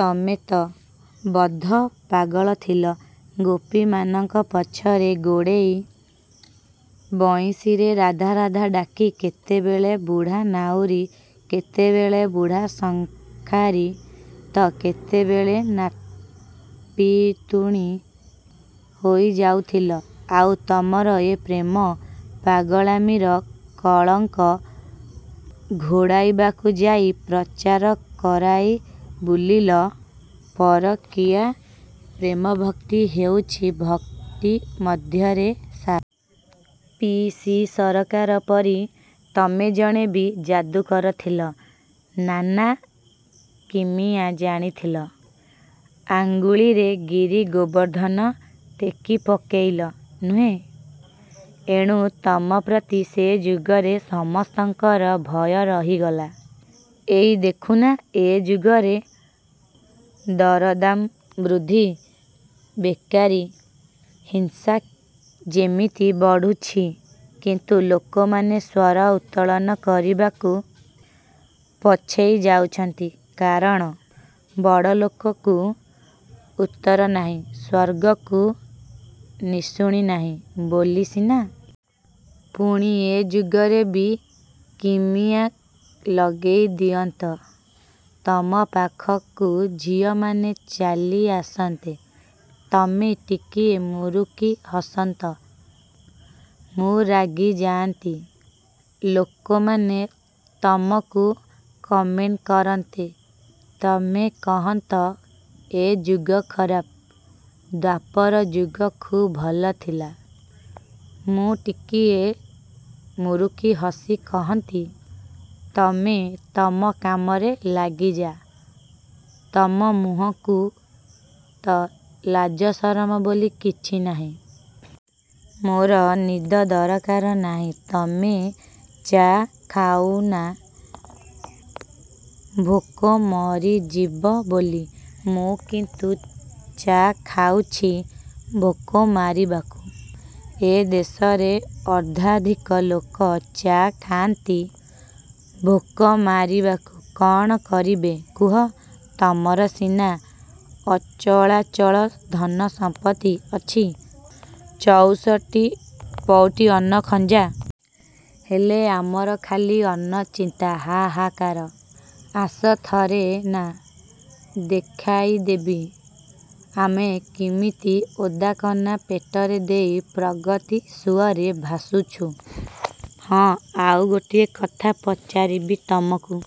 ତମେ ତ ବଦ୍ଧପାଗଳ ଥିଲ। ଗୋପୀମାନଙ୍କ ପଛରେ ଗୋଡ଼େଇ, ବଂଇଶୀରେ ରାଧା ରାଧା ଡାକି କେତେବେଳେ ବୁଢ଼ା ନାଉରୀ, କେତେବେଳେ ବୁଢ଼ା ଶଙ୍ଖାରୀ ତ କେତେବେଳେ ନାପିତୁଣୀ ହୋଇଯାଉଥିଲ। ଆଉ ତମର ଏ ପ୍ରେମ ପାଗଳାମିର କଳଙ୍କ ଘୋଡ଼ାଇବାକୁ ଯାଇ ପ୍ରଚାର କରାଇ ବୁଲିଲ ପରକୀୟା ପ୍ରେମଭକ୍ତି ହେଉଛି ଭକ୍ତି ମଧ୍ୟରେ ସାର। ପି. ସି. ସରକାର ପରି ତମେ ଜଣେ ବି ଯାଦୁକର ଥିଲ। ନାନା କିମିଆ ଜାଣିଥିଲ। ଆଙ୍ଗୁଳିରେ ଗିରି ଗୋବର୍ଦ୍ଧନ ଟେକି ପକେଇଲ, ନୁହେଁ? ଏଣୁ ତମପ୍ରତି ସେ ଯୁଗରେ ସମସ୍ତଙ୍କର ଭୟ ରହିଗଲା। ଏଇ ଦେଖୁନା, ଏ ଯୁଗରେ ଦରଦାମ୍ ବୃଦ୍ଧି, ବେକାରୀ, ହିଂସା ଯେମିତି ବଢ଼ୁଛି କିନ୍ତୁ ଲୋକମାନେ ସ୍ଵର ଉତ୍ତୋଳନ କରିବାକୁ ପଛେଇଯାଉଛନ୍ତି; କାରଣ 'ବଡ଼ଲୋକକୁ ଉତ୍ତର ନାହିଁ, ସ୍ଵର୍ଗକୁ ନିଶୁଣୀ ନାହିଁ' ବୋଲି ସିନା! ପୁଣି ଏ ଯୁଗରେ ବି କିମିଆ ଲଗେଇ ଦିଅନ୍ତ। ତମ ପାଖକୁ ଝିଅମାନେ ଚାଲିଆସନ୍ତେ। ତମେ ଟିକିଏ ମୁରୁକି ହସନ୍ତ। ମୁଁ ରାଗିଯାଆନ୍ତି। ଲୋକମାନେ ତମକୁ କମେଣ୍ଟ କରନ୍ତେ। ତମେ କହନ୍ତ-ଏ ଯୁଗ ଖରାପ, ଦ୍ଵାପରଯୁଗ ଖୁବ୍ ଭଲ ଥିଲା। ମୁଁ ଟିକିଏ ମୁରୁକି ହସି କହନ୍ତି-ତମେ ତମ କାମରେ ଲଗିଯା; ତମ ମୁହଁକୁ ତ ଲାଜସରମ ବୋଲି କିଛି ନାହିଁ। ମୋର ନିଦ ଦରକାର ନାହିଁ। ତମେ ଚା' ଖାଉନା ଭୋକ ମରିଯିବ ବୋଲି। ମୁଁ କିନ୍ତୁ ଚା' ଖାଉଛି ଭୋକମାରିବାକୁ। ଏ ଦେଶରେ ଅର୍ଦ୍ଧାଧିକ ଲୋକ ଚା' ଖାଆନ୍ତି ଭୋକମାରିବାକୁ। କ'ଣ କରିବେ କୁହ? ତମର ସିନା ଅଚଳାଚଳ ଧନ ସଂପତ୍ତି ଅଛି। ଚଉଷଠି ପଉଟି ଅନ୍ନ ଖଞ୍ଜା। ହେଲେ ଆମର ଖାଲି ଅନ୍ନ ଚିନ୍ତା, ହା-ହାକାର। ଆସ ଥରେ ନା, ଦେଖାଇଦେବି ଆମେ କିମିତି ଓଦାକନା ପେଟରେ ଦେଇ ପ୍ରଗତି ସୁଅରେ ଭାସୁଛୁ। ହଁ, ଆଉ ଗୋଟିଏ କଥା ପଚାରିବି ତମକୁ।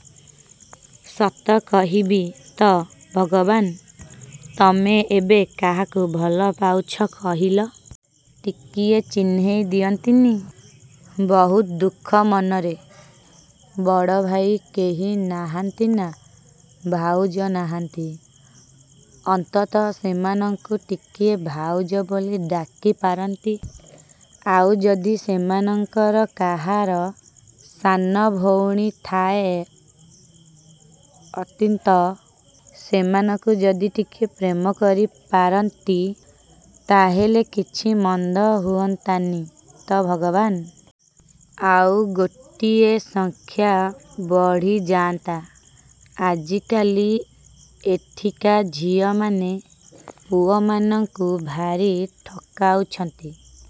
ସତ କହିବି ତ ଭଗବାନ? ତମେ ଏବେ କାହାକୁ ଭଲପାଉଛ କହିଲ? ଟିକିଏ ଚିହ୍ନେଇ ଦିଅନ୍ତିନି? ବହୁତ ଦୁଃଖ ମନରେ। ବଡ଼ଭାଇ କେହି ନାହାନ୍ତି ନା, ଭାଉଜ ନାହାଁନ୍ତି। ଅନ୍ତତଃ ସେମାନଙ୍କୁ ଟିକିଏ ଭାଉଜ ବୋଲି ଡାକିପାରନ୍ତି। ଆଉ ଯଦି ସେମାନଙ୍କର କାହାର ସାନ ଭଉଣୀ ଥାଏ ଅନ୍ତିତଃ ସେମାନଙ୍କୁ ଯଦି ଟିକିଏ ପ୍ରେମକରି ପାରନ୍ତି ତା'ହେଲେ କିଛି ମନ୍ଦ ହୁଅନ୍ତାନି ତ ଭଗବାନ! ଆଉ ଗୋଟିଏ ସଂଖ୍ୟା ବଢ଼ିଯାଆନ୍ତା। ଆଜିକାଲି ଏଠିକା ଝିଅମାନେ ପୁଅମାନଙ୍କୁ ଭାରୀ ଠକାଉଛନ୍ତି।